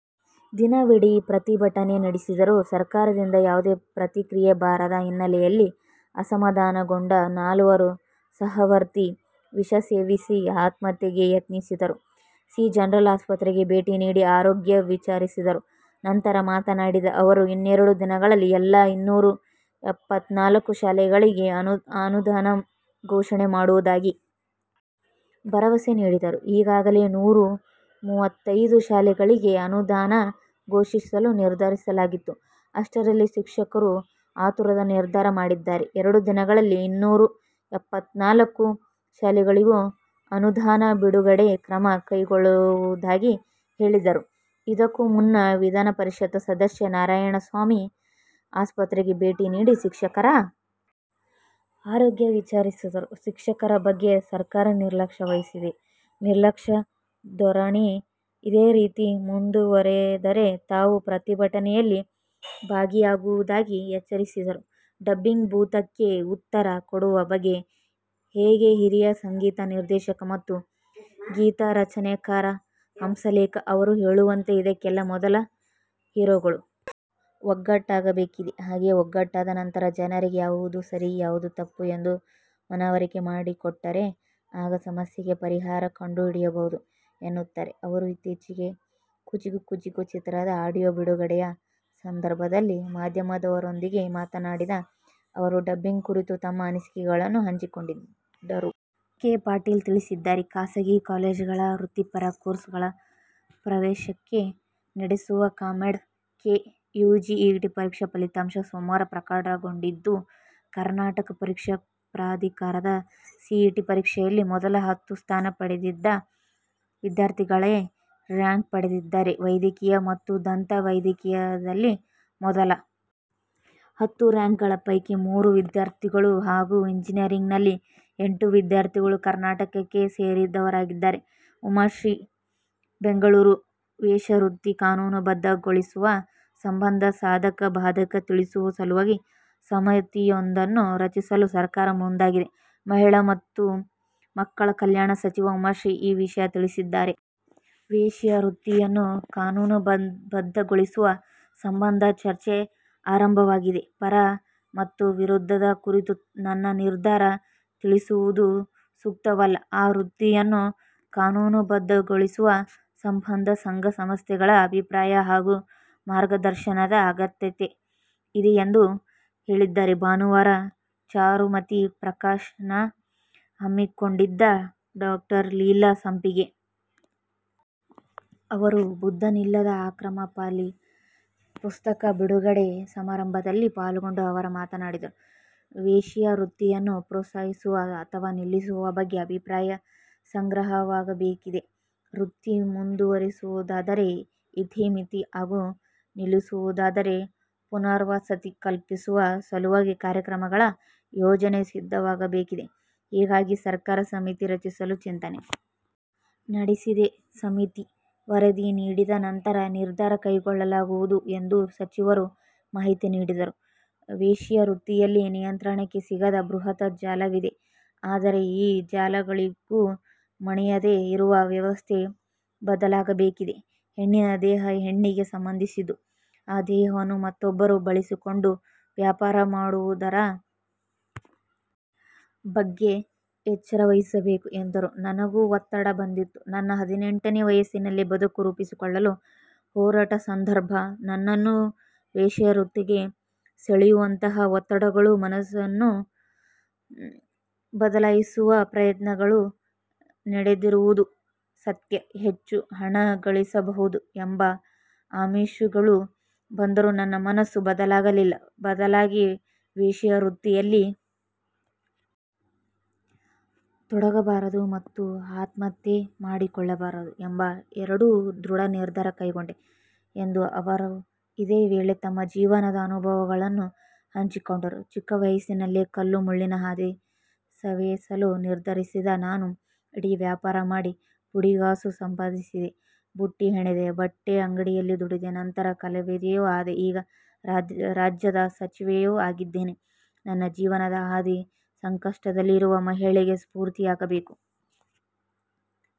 ದಿನವಿಡೀ ಪ್ರತಿಭಟನೆ ನಡೆಸಿದರೂ ಸರ್ಕಾರದಿಂದ ಯಾವುದೇ ಪ್ರತಿಕ್ರಿಯೆ ಬಾರದ ಹಿನ್ನೆಲೆಯಲ್ಲಿ ಅಸಮಾಧಾನಗೊಂಡ ನಾಲ್ವರು ಸಹವರ್ತಿ ವಿಷಸೇವಿಸಿ ಆತ್ಮಹತ್ಯೆಗೆ ಯತ್ನಿಸಿದರು ಸಿ ಜನರಲ್ ಆಸ್ಪತ್ರೆಗೆ ಭೇಟಿ ನೀಡಿ ಆರೋಗ್ಯ ವಿಚಾರಿಸಿದರು ನಂತರ ಮಾತನಾಡಿದ ಅವರು ಇನ್ನೆರಡು ದಿನಗಳಲ್ಲಿ ಎಲ್ಲಾ ಇನ್ನೂರ ಎಪ್ಪತ್ತನಾಲ್ಕು ಶಾಲೆಗಳಿಗೆ ಅನುದಾನ ಘೋಷಣೆ ಮಾಡುವುದಾಗಿ ಭರವಸೆ ನೀಡಿದರು ಈಗಾಗಲೇ ನೂರು ಮೂವತ್ತೈದು ಶಾಲೆಗಳಿಗೆ ಅನುದಾನ ಘೋಷಿಸಲು ನಿರ್ಧರಿಸಲಾಗಿತ್ತು ಅಷ್ಟರಲ್ಲಿ ಶಿಕ್ಷಕರು ಆತುರದ ನಿರ್ಧಾರ ಮಾಡಿದ್ದಾರೆ ಎರಡು ದಿನಗಳಲ್ಲಿ ಇನ್ನೂರು ಎಪ್ಪತ್ತನಾಲ್ಕು ಶಾಲೆಗಳಿಗೂ ಅನುದಾನ ಬಿಡುಗಡೆ ಕ್ರಮ ಕೈಗೊಳ್ಳುವುದಾಗಿ ಹೇಳಿದರು ಇದಕ್ಕೂ ಮುನ್ನ ವಿಧಾನಪರಿಷತ್ ಸದಸ್ಯ ನಾರಾಯಣಸ್ವಾಮಿ ಆಸ್ಪತ್ರೆಗೆ ಭೇಟಿ ನೀಡಿ ಶಿಕ್ಷಕರ ಆರೋಗ್ಯ ವಿಚಾರಿಸಿದರು ಶಿಕ್ಷಕರ ಬಗ್ಗೆ ಸರ್ಕಾರ ನಿರ್ಲಕ್ಷ್ಯ ವಹಿಸಿದೆ ನಿರ್ಲಕ್ಷ್ಯ ಧೋರಣೆ ಇದೇ ರೀತಿ ಮುಂದುವರೆದರೆ ತಾವೂ ಪ್ರತಿಭಟನೆಯಲ್ಲಿ ಭಾಗಿಯಾಗುವುದಾಗಿ ಎಚ್ಚರಿಸಿದರು ಡಬ್ಬಿಂಗ್ ಭೂತಕ್ಕೆ ಉತ್ತರ ಕೊಡುವ ಬಗೆ ಹೇಗೆ ಹಿರಿಯ ಸಂಗೀತ ನಿರ್ದೇಶಕ ಮತ್ತು ಗೀತರಚನೆಕಾರ ಹಂಸಲೇಖ ಅವರು ಹೇಳುವಂತೆ ಇದಕ್ಕೆಲ್ಲಾ ಮೊದಲ ಹೀರೋಗಳು ಒಗ್ಗಟ್ಟಾಗಬೇಕಿದೆ ಹಾಗೆ ಒಗ್ಗಟ್ಟಾದ ನಂತರ ಜನರಿಗೆ ಯಾವುದು ಸರಿ ಯಾವುದು ತಪ್ಪು ಎಂದು ಮನವರಿಕೆ ಮಾಡಿಕೊಟ್ಟರೆ ಆಗ ಸಮಸ್ಯೆಗೆ ಪರಿಹಾರ ಕಂಡುಹಿಡಿಯಬಹುದು ಎನ್ನುತ್ತಾರೆ ಅವರು ಇತ್ತೀಚೆಗೆ ಕುಚಿಕು ಕುಚಿಕು ಚಿತ್ರದ ಆಡಿಯೋ ಬಿಡುಗಡೆಯ ಸಂದರ್ಭದಲ್ಲಿ ಮಾಧ್ಯಮದವರೊಂದಿಗೆ ಮಾತನಾಡಿದ ಅವರು ಡಬ್ಬಿಂಗ್ ಕುರಿತು ತಮ್ಮ ಅನಿಸಿಕೆಗಳನ್ನು ಹಂಚಿಕೊಂಡಿದ್ದರು ಕೆ ಪಾಟೀಲ್ ತಿಳಿಸಿದ್ದಾರೆ ಖಾಸಗಿ ಕಾಲೇಜುಗಳ ವೃತ್ತಿಪರ ಕೋರ್ಸ್‌ಗಳ ಪ್ರವೇಶಕ್ಕೆ ನಡೆಸುವ ಕಾಮೆಡ್ ಕೆ ಯುಜಿಇಟಿ ಪರೀಕ್ಷಾ ಫಲಿತಾಂಶ ಸೋಮವಾರ ಪ್ರಕಟಗೊಂಡಿದ್ದು ಕರ್ನಾಟಕ ಪರೀಕ್ಷಾ ಪ್ರಾಧಿಕಾರದ ಸಿಇಟಿ ಪರೀಕ್ಷೆಯಲ್ಲಿ ಮೊದಲ ಹತ್ತು ಸ್ಥಾನ ಪಡೆದಿದ್ದ ವಿದ್ಯಾರ್ಥಿಗಳೇ ರ್ಯಾಂಕ್ ಪಡೆದಿದ್ದಾರೆ ವೈದ್ಯಕೀಯ ಮತ್ತು ದಂತ ವೈದ್ಯಕೀಯದಲ್ಲಿ ಮೊದಲ ಹತ್ತು ರ್ಯಾಂಕ್‌ಗಳ ಪೈಕಿ ಮೂರು ವಿದ್ಯಾರ್ಥಿಗಳು ಹಾಗೂ ಎಂಜಿನಿಯರಿಂಗ್‌ನಲ್ಲಿ ಎಂಟು ವಿದ್ಯಾರ್ಥಿಗಳು ಕರ್ನಾಟಕಕ್ಕೆ ಸೇರಿದವರಾಗಿದ್ದಾರೆ ಉಮಾಶ್ರೀ ಬೆಂಗಳೂರು ವೇಶ್ಯಾವೃತ್ತಿ ಕಾನೂನುಬದ್ಧಗೊಳಿಸುವ ಸಂಬಂಧ ಸಾಧಕ ಬಾಧಕ ತಿಳಿಸುವ ಸಲುವಾಗಿ ಸಮಿತಿಯೊಂದನ್ನು ರಚಿಸಲು ಸರ್ಕಾರ ಮುಂದಾಗಿದೆ ಮಹಿಳಾ ಮತ್ತು ಮಕ್ಕಳ ಕಲ್ಯಾಣ ಸಚಿವ ಉಮಾಶ್ರೀ ಈ ವಿಷಯ ತಿಳಿಸಿದ್ದಾರೆ ವೇಶ್ಯಾವೃತ್ತಿಯನ್ನು ಕಾನೂನುಬದ್ಧಗೊಳಿಸುವ ಸಂಬಂಧ ಚರ್ಚೆ ಆರಂಭವಾಗಿದೆ ಪರ ಮತ್ತು ವಿರೋಧದ ಕುರಿತು ನನ್ನ ನಿರ್ಧಾರ ತಿಳಿಸುವುದು ಸೂಕ್ತವಲ್ಲ ಆ ವೃತ್ತಿಯನ್ನು ಕಾನೂನುಬದ್ಧಗೊಳಿಸುವ ಸಂಬಂಧ ಸಂಘ ಸಂಸ್ಥೆಗಳ ಅಭಿಪ್ರಾಯ ಹಾಗೂ ಮಾರ್ಗದರ್ಶನದ ಅಗತ್ಯತೆ ಇದೆ ಎಂದು ಹೇಳಿದ್ದಾರೆ ಭಾನುವಾರ ಚಾರುಮತಿ ಪ್ರಕಾಶನ ಹಮ್ಮಿಕೊಂಡಿದ್ದ ಡಾ ಲೀಲಾ ಸಂಪಿಗೆ ಅವರ ಬುದ್ಧನಿಲ್ಲದ ಅಕ್ರಮ ಪಾಲಿ ಪುಸ್ತಕ ಬಿಡುಗಡೆ ಸಮಾರಂಭದಲ್ಲಿ ಪಾಲ್ಗೊಂಡು ಅವರು ಮಾತನಾಡಿದರು ವೇಶ್ಯಾವೃತ್ತಿಯನ್ನು ಪ್ರೋತ್ಸಾಹಿಸುವ ಅಥವಾ ನಿಲ್ಲಿಸುವ ಬಗ್ಗೆ ಅಭಿಪ್ರಾಯ ಸಂಗ್ರಹವಾಗಬೇಕಿದೆ ವೃತ್ತಿ ಮುಂದುವರೆಸುವುದಾದರೆ ಇತಿ ಮಿತಿ ಹಾಗೂ ನಿಲ್ಲಿಸುವುದಾದರೆ ಪುನರ್ವಸತಿ ಕಲ್ಪಿಸುವ ಸಲುವಾಗಿ ಕಾರ್ಯಕ್ರಮಗಳ ಯೋಜನೆ ಸಿದ್ಧವಾಗಬೇಕಿದೆ ಹೀಗಾಗಿ ಸರ್ಕಾರ ಸಮಿತಿ ರಚಿಸಲು ಚಿಂತನೆ ನಡೆಸಿದೆ ಸಮಿತಿ ವರದಿ ನೀಡಿದ ನಂತರ ನಿರ್ಧಾರ ಕೈಗೊಳ್ಳಲಾಗುವುದು ಎಂದು ಸಚಿವರು ಮಾಹಿತಿ ನೀಡಿದರು ವೇಶ್ಯಾವೃತ್ತಿಯಲ್ಲಿ ನಿಯಂತ್ರಣಕ್ಕೆ ಸಿಗದ ಬೃಹತ್ ಜಾಲವಿದೆ ಆದರೆ ಈ ಜಾಲಗಳಿಗೂ ಮಣಿಯದೆ ಇರುವ ವ್ಯವಸ್ಥೆ ಬದಲಾಗಬೇಕಿದೆ ಹೆಣ್ಣಿನ ದೇಹ ಹೆಣ್ಣಿಗೆ ಸಂಬಂಧಿಸಿದ್ದು ಆ ದೇಹವನ್ನು ಮತ್ತೊಬ್ಬರು ಬಳಸಿಕೊಂಡು ವ್ಯಾಪಾರ ಮಾಡುವುದರ ಬಗ್ಗೆ ಎಚ್ಚರವಹಿಸಬೇಕು ಎಂದರು ನನಗೂ ಒತ್ತಡ ಬಂದಿತ್ತು ನನ್ನ ಹದಿನೆಂಟನೇ ವಯಸ್ಸಿನಲ್ಲಿ ಬದುಕು ರೂಪಿಸಿಕೊಳ್ಳಲು ಹೊರಟ ಸಂದರ್ಭ ನನ್ನನ್ನು ವೇಶ್ಯಾವೃತ್ತಿಗೆ ಸೆಳೆಯುವಂತಹ ಒತ್ತಡಗಳು ಮನಸ್ಸನ್ನು ಬದಲಾಯಿಸುವ ಪ್ರಯತ್ನಗಳು ನಡೆದಿರುವುದು ಸತ್ಯ ಹೆಚ್ಚು ಹಣ ಗಳಿಸಬಹುದು ಎಂಬ ಆಮಿಷಗಳು ಬಂದರೂ ನನ್ನ ಮನಸ್ಸು ಬದಲಾಗಲಿಲ್ಲ ಬದಲಾಗಿ ವೇಶ್ಯಾವೃತ್ತಿಯಲ್ಲಿ ತೊಡಗಬಾರದು ಮತ್ತು ಆತ್ಮಹತ್ಯೆ ಮಾಡಿಕೊಳ್ಳಬಾರದು ಎಂಬ ಎರಡು ದೃಢ ನಿರ್ಧಾರ ಕೈಗೊಂಡೆ ಎಂದು ಅವರು ಇದೇ ವೇಳೆ ತಮ್ಮ ಜೀವನದ ಅನುಭವಗಳನ್ನು ಹಂಚಿಕೊಂಡರು ಚಿಕ್ಕವಯಸ್ಸಿನಲ್ಲೇ ಕಲ್ಲು ಮುಳ್ಳಿನ ಹಾದಿ ಸವೆಸಲು ನಿರ್ಧರಿಸಿದ ನಾನು ಇಡ್ಲಿ ವ್ಯಾಪಾರ ಮಾಡಿ ಪುಡಿಗಾಸು ಸಂಪಾದಿಸಿದೆ ಬುಟ್ಟಿ ಹೆಣೆದೆ ಬಟ್ಟೆ ಅಂಗಡಿಯಲ್ಲಿ ದುಡಿದೆ ನಂತರ ಕಲಾವಿದೆಯೂ ಆದೆ ಈಗ ರಾಜ್ಯದ ಸಚಿವೆಯೂ ಆಗಿದ್ದೇನೆ ನನ್ನ ಜೀವನದ ಹಾದಿ ಸಂಕಷ್ಟದಲ್ಲಿರುವ ಮಹಿಳೆಗೆ ಸ್ಫೂರ್ತಿಯಾಗಬೇಕು.